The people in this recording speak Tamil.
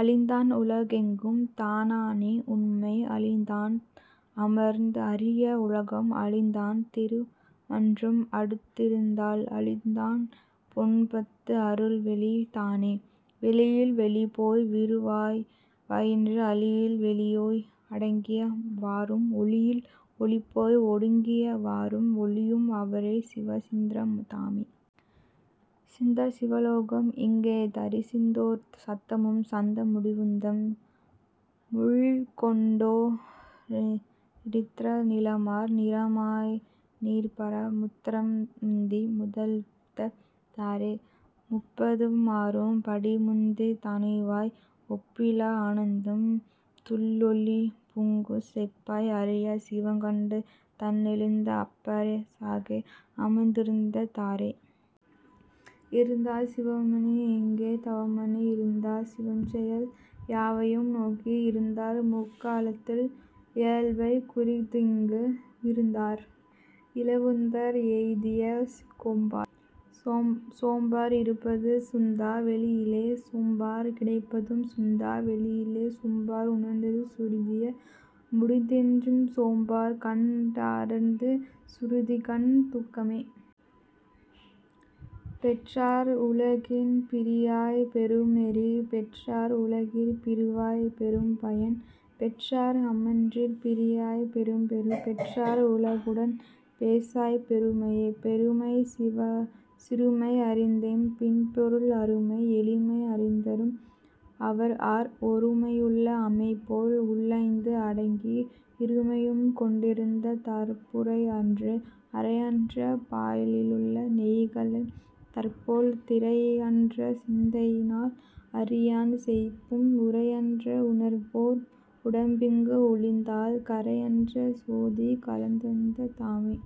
அளித்தான் உலகெங்கும் தானான உண்மை அளித்தான் அமரர் அறியா உலகம் அளித்தான் திருமன்றுள் ஆடுந் திருத்தாள் அளித்தான் போன்பத்து அருள்வெளி தானே. வெளியில் வெளிபோய் விரவிய வாறும் அளியில் அளிபோய் அடங்கிய வாறும் ஒளியில் ஒளிபோய் ஒடுங்கிய வாறும் தெளியும் அவரே சிவ சித்தர் தாமே. சித்தர் சிவலோகம் இங்கே தரிசித்தோர் சத்தமும் சத்த முடிவுந்தம் முள்கொண்டோ ர் நித்தர் நிமலர் நிராமயர் நீள்பர முத்தர்தம் முத்தி முதல்முப்பத் தாறே. முப்பதும் ஆறும் படிமுத்தி ஏணியாய் ஒப்பிலா ஆனந்தத் துள்ளொளி புக்குச் செப்ப அரிய சிவங்கண்டு தான்தெளிந்து அப்பரி சாக அமர்ந்திருந் தாரே. இருந்தார் சிவமாகி எங்குந் தாமாகி இருந்தார் சிவன்செயல் யாவையும் நோக்கி இருந்தார் முக்காலத்து இயல்பைக் குறித்தங்கு இருந்தார் இழவுவந்து எய்திய சோம்பே. சோம்பர் இருப்பது சுத்த வெளியிலே சோம்பர் கிடப்பதும் சுத்த வெளியிலே சோம்பர் உணர்வு சுருதி முடிந்திடஞ் சோம்பர் கண் டார்அச் சுருதிக்கண் தூக்கமே. பெற்றார் உலகிற் பிரியாப் பெருநெறி பெற்றார் உலகிற் பிறவாப் பெரும்பயன் பெற்றார் அம்மன்றில் பிரியாப் பெரும்பேறு பெற்றார் உலகுடன் பேசாப் பெருமையே. பெருமை சிறுமை அறிந்தெம் பிரான்போல் அருமை எளிமை அறிந்தறி வார்ஆர் ஒருமையுள் ஆமைபோல் உள்ஐந்து அடக்கி இருமையகொண்டிருந்தாரே தார்புரை அற்றே. புரைஅற்ற பாலினுள் நெய்கலந் தாற்போல் திரைஅற்ற சிந்தைநல் ஆரியன் செப்பும் உரையற்று உணர்வோர் உடம்பிங்கு ஒழிந்தால் கரையற்ற சோதி கலந்தசத் தாமே.